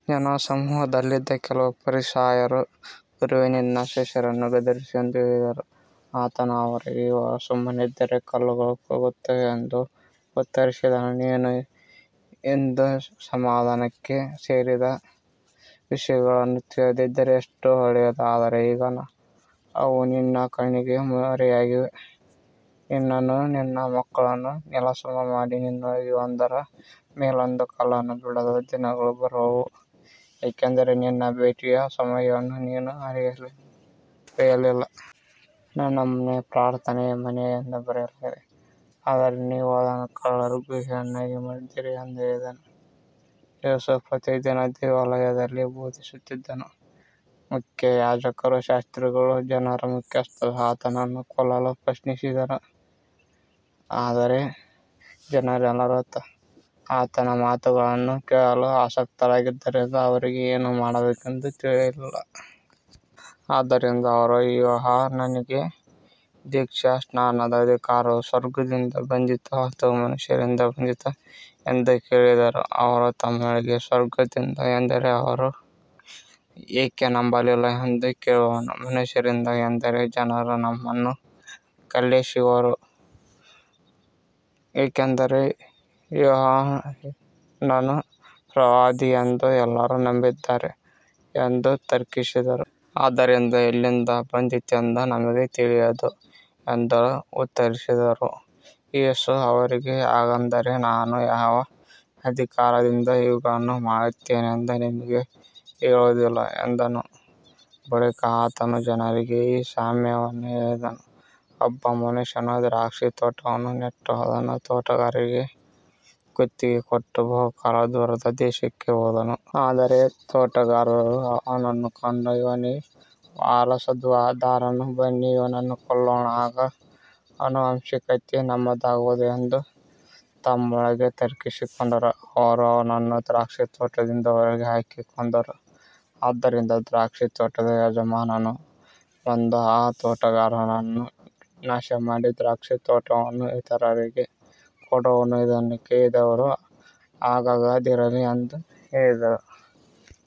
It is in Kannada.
ಜನಸಮೂಹದಲ್ಲಿದ್ದ ಕೆಲವು ಫರಿಸಾಯರು, ಗುರುವೇ, ನಿನ್ನ ಶಿಷ್ಯರನ್ನು ಗದರಿಸು ಎಂದು ಹೇಳಿದರು. ಆತನು ಅವರಿಗೆ, ಇವರು ಸುಮ್ಮನಿದ್ದರೆ ಕಲ್ಲುಗಳು ಕೂಗುತ್ತವೆ ಎಂದು ಉತ್ತರಿಸಿದನು. ನೀನು ಇಂದು ನಿನ್ನ ಸಮಾಧಾನಕ್ಕೆ ಸೇರಿದ ವಿಷಯಗಳನ್ನು ತಿಳಿದಿದ್ದರೆ ಎಷ್ಟೋ ಒಳ್ಳೆಯದು. ಆದರೆ ಈಗ ಅವು ನಿನ್ನ ಕಣ್ಣಿಗೆ ಮರೆಯಾಗಿವೆ. ನಿನ್ನನ್ನೂ ನಿನ್ನ ಮಕ್ಕಳನ್ನೂ ನೆಲಸಮ ಮಾಡಿ, ನಿನ್ನೊಳಗೆ ಒಂದರ ಮೇಲೊಂದು ಕಲ್ಲನ್ನೂ ಬಿಡದ ದಿನಗಳು ಬರುವವು, ಏಕೆಂದರೆ ನಿನ್ನ ಭೇಟಿಯ ಸಮಯವನ್ನು ನೀನು ಅರಿಯ ಅರಿಯಲಿಲ್ಲ. ನನ್ನ ಮನೆ ಪ್ರಾರ್ಥನೆಯ ಮನೆ ಎಂದು ಬರೆಯಲಾಗಿದೆ, ಆದರೆ ನೀವು ಅದನ್ನು ಕಳ್ಳರ ಗುಹೆಯನ್ನಾಗಿ ಮಾಡಿದ್ದೀರಿ ಎಂದು ಹೇಳಿದನು. ಯೇಸು ಪ್ರತಿದಿನ ದೇವಾಲಯದಲ್ಲಿ ಬೋಧಿಸುತ್ತಿದ್ದನು. ಮುಖ್ಯಯಾಜಕರೂ ಶಾಸ್ತ್ರಿಗಳೂ ಜನರ ಮುಖ್ಯಸ್ಥರೂ ಆತನನ್ನು ಕೊಲ್ಲಲು ಪ್ರಯತ್ನಿಸಿದರು. ಆದರೆ ಜನರೆಲ್ಲರೂ ಆತನ ಮಾತುಗಳನ್ನು ಕೇಳಲು ಆಸಕ್ತರಾಗಿದ್ದರಿಂದ ಅವರಿಗೆ ಏನು ಮಾಡಬೇಕೆಂದು ತಿಳಿಯಲಿಲ್ಲ. ಆದ್ದರಿಂದ ಅವರು, ಯೋಹಾನನಿಗೆ ದೀಕ್ಷಾಸ್ನಾನದ ಅಧಿಕಾರವು ಸ್ವರ್ಗದಿಂದ ಬಂದಿತೋ ಅಥವಾ ಮನುಷ್ಯರಿಂದ ಬಂದಿತೋ ಎಂದು ಕೇಳಿದರು. ಅವರು ತಮ್ಮೊಳಗೆ, ಸ್ವರ್ಗದಿಂದ ಎಂದರೆ ಅವನು ಏಕೆ ನಂಬಲಿಲ್ಲ ಎಂದು ಕೇಳುವನು, ಮನುಷ್ಯರಿಂದ ಎಂದರೆ ಜನರು ನಮ್ಮನ್ನು ಕಲ್ಲೆಸೆಯುವರು, ಏಕೆಂದರೆ ಯೋಹಾನನು ಪ್ರವಾದಿ ಎಂದು ಎಲ್ಲರೂ ನಂಬಿದ್ದಾರೆ ಎಂದು ತರ್ಕಿಸಿದರು. ಆದ್ದರಿಂದ ಎಲ್ಲಿಂದ ಬಂದಿತೆಂದು ನಮಗೆ ತಿಳಿಯದು ಎಂದು ಉತ್ತರಿಸಿದರು. ಯೇಸು ಅವರಿಗೆ, ಹಾಗಾದರೆ ನಾನು ಯಾವ ಅಧಿಕಾರದಿಂದ ಇವುಗಳನ್ನು ಮಾಡುತ್ತೇನೆಂದು ನಿಮಗೆ ಹೇಳುವುದಿಲ್ಲ ಎಂದನು. ಬಳಿಕ ಆತನು ಜನರಿಗೆ ಈ ಸಾಮ್ಯವನ್ನು ಹೇಳಿದನು. ಒಬ್ಬ ಮನುಷ್ಯನು ದ್ರಾಕ್ಷಿತೋಟವನ್ನು ನೆಟ್ಟು ಅದನ್ನು ತೋಟಗಾರರಿಗೆ ಗುತ್ತಿಗೆ ಕೊಟ್ಟು ಬಹುಕಾಲ ದೂರದ ದೇಶಕ್ಕೆ ಹೋದನು. ಆದರೆ ತೋಟಗಾರರು ಅವನನ್ನು ಕಂಡು, ಇವನೇ ವಾರಸುದಾರನು, ಬನ್ನಿ, ಇವನನ್ನು ಕೊಲ್ಲೋಣ, ಆಗ ಆನುವಂಶಿಕತೆ ನಮ್ಮದಾಗುವುದು ಎಂದು ತಮ್ಮೊಳಗೆ ತರ್ಕಿಸಿಕೊಂಡರು. ಅವರು ಅವನನ್ನು ದ್ರಾಕ್ಷಿತೋಟದಿಂದ ಹೊರಗೆ ಹಾಕಿ ಕೊಂದರು. ಆದ್ದರಿಂದ ದ್ರಾಕ್ಷಿತೋಟದ ಯಜಮಾನನು ಬಂದು ಆ ತೋಟಗಾರರನ್ನು ನಾಶಮಾಡಿ ದ್ರಾಕ್ಷಿತೋಟವನ್ನು ಇತರರಿಗೆ ಕೊಡುವನು. ಇದನ್ನು ಕೇಳಿದವರು, ಹಾಗಾಗದಿರಲಿ ಎಂದು ಹೇಳಿದರು.